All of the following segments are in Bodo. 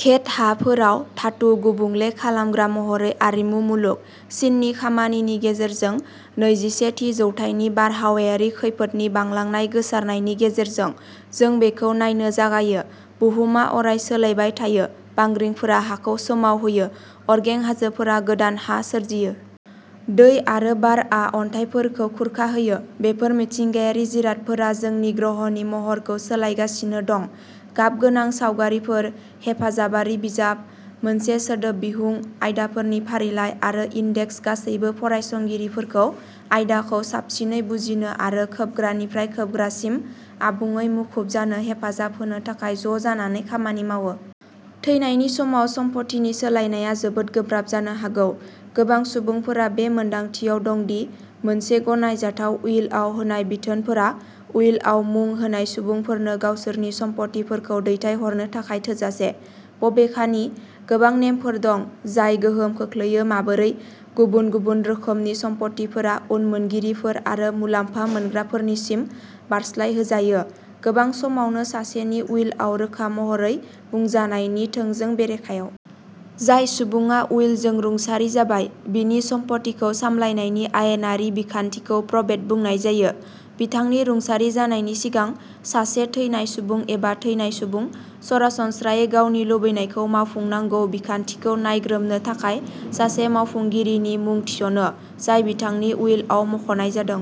घेट' हाफोराव धातु गुबुंले खालामग्रा महरै आरिमु मुलुग। चिननि खामानिनि गेजेरजों, नैजिसे थि जौथाइनि बारहावायारि खैफोदनि बांलांनाय गोसारनायनि गेजेरजों, जों बेखौ नायनो जागायो। बुहुमआ अराय सोलायबाय थायो। बांग्रिंफोरा हाखौ सोमावहोयो। अरगें हाजोफोरा गोदान हा सोरजियो। दै आरो बारआ अन्थाइफोरखौ खुरखाहोयो। बेफोर मिथिंगायारि जिरादफोरा जोंनि ग्रहनि महरखौ सोलायगासिनो दं। गाबगोनां सावगारिफोर, हेफाजाबारि बिजाब, मोनसे सोदोब बिहुं, आयदाफोरनि फारिलाइ आरो इन्डेक्स गासैबो फरायसंगिरिफोरखौ आयदाखौ साबसिनै बुजिनो आरो खोबग्रानिफ्राय खोबग्रासिम आबुङै मुखुब जानो हेफाजाब होनो थाखाय ज' जानानै खामानि मावो। थैनायनि समाव सम्पथिनि सोलायनाया जोबोद गोब्राब जानो हागौ। गोबां सुबुंफोरा बे मोनदांथियाव दं दि मोनसे गनायजाथाव उइलआव होनाय बिथोनफोरा उइलआव मुं होनाय सुबुंफोरनो गावसोरनि सम्पथिफोरखौ दैथायहरनो थाखाय थोजासे। बबेखानि, गोबां नेमफोर दं जाय गोहोम खोख्लैयो माबोरै गुबुन-गुबुन रोखोमनि सम्पथिफोरा उनमोनगिरिफोर आरो मुलाम्फा मोनग्राफोरनिसिम बारस्लायहोजायो, गोबां समावनो सासेनि उइलआव रोखा महरै बुंजानायनि थोंजों बेरेखायाव। जाय सुबुङा उइलजों रुंसारि जाबाय, बिनि सम्फथिखौ सामलायनायनि आयेनारि बिखान्थिखौ प्रबेट बुंनाय जायो। बिथांनि रुंसारि जानायनि सिगां, सासे थैनाय सुबुं एबा थैनाय सुबुं, सरासनस्रायै गावनि लुबैनायखौ मावफुंनांगौ बिखान्थिखौ नायग्रोमनो थाखाय सासे मावफुंगिरिनि मुं थिसनो, जाय बिथांनि उइलआव मख'नाय जादों।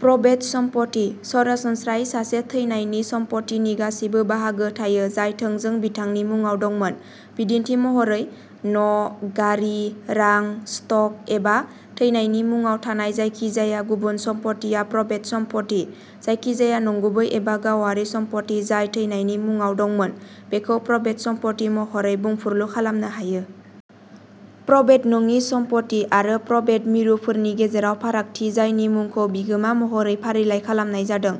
प्रबेट सम्पथि, सरासनस्रायै सासे थैनायनि सम्पथिनि गासिबो बाहागो थायो जाय थोंजों बिथांनि मुङाव दंमोन। बिदिन्थि महरै, न', गारि, रां, स्टक एबा थैनायनि मुंआव थानाय जायखिजाया गुबुन सम्फथिया प्रबेट सम्पथि। जायखिजाया नंगुबै एबा गावारि सम्पथि जाय थैनायनि मुंआव दंमोन, बेखौ प्रबेट सम्पथि महरै बुंफुरलु खालामनो हायो। प्रबेट नङि सम्पथि आरो प्रबेट मिरुफोरनि गेजेराव फारागथि जायनि मुंखौ बिगोमा महरै फारिलाइ खालामनाय जादों।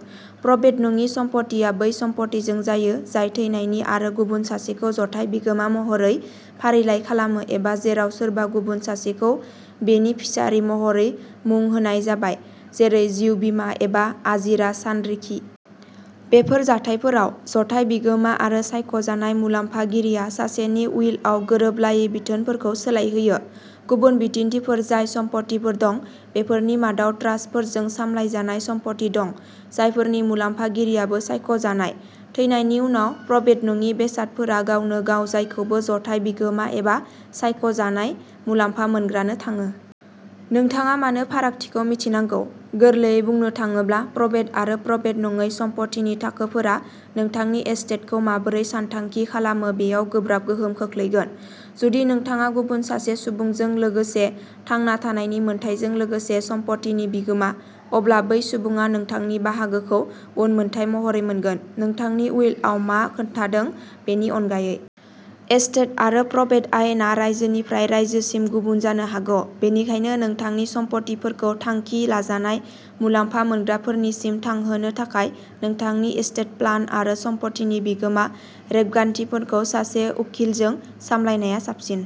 प्रबेट नङि सम्पथिआ बै सम्पथिजों जायो जाय थैनायनि आरो गुबुन सासेखौ जथाय बिगोमा महरै फारिलाइ खालामो एबा जेराव सोरबा गुबुन सासेखौ बेनिफिसारि महरै मुं होनाय जाबाय, जेरै जिउ बीमा एबा आजिरा सानरिखि। बेफोर जाथायफोराव, जथाय बिगोमा आरो सायख'जानाय मुलाम्फागिरिया सासेनि उइलआव गोरोबलायै बिथोनफोरखौ सोलायहोयो। गुबुन बिदिन्थिफोर जाय सम्फथिफोर दं, बेफोरनि मादाव ट्रास्टफोरजों सामलायजानाय सम्फथि दं, जायफोरनि मुलाम्फागिरियाबो सायख'जानाय। थैनायनि उनाव, प्रबेट नङि बेसादफोरा गावनो गाव जायखौबो जथाय बिगोमा एबा सायख' जानाय मुलाम्फा मोनग्रानो थाङो। नोंथाङा मानो फारागथिखौ मिथिनांगौ? गोरलैयै बुंनो थाङोब्ला, प्रबेट आरो प्रबेट नङै सम्पथिनि थाखोफोरा नोंथांनि एस्टेटखौ माबोरै सानथांखि खालामो बेयाव गोब्राब गोहोम खोख्लैगोन। जुदि नोंथाङा गुबुन सासे सुबुंजों लोगोसे थांना थानायनि मोन्थाइजों लोगोसे सम्पथिनि बिगोमा, अब्ला बै सुबुङा नोंथांनि बाहागोखौ उनमोनथाइ महरै मोनगोन, नोंथांनि उइलआव मा खोन्थादों बेनि अनगायै। एस्टेट आरो प्रबेट आयेना रायजोनिफ्राय रायजोसिम गुबुन जानो हागौ, बेनिखायनो नोंथांनि सम्पथिफोरखौ थांखि लाजानाय मुलाम्फा मोनग्राफोरनिसिम थांहोनो थाखाय नोंथांनि एस्टेट प्लान आरो सम्पथिनि बिगोमा रेबगान्थिफोरखौ सासे उखिलजों सामलायनाया साबसिन।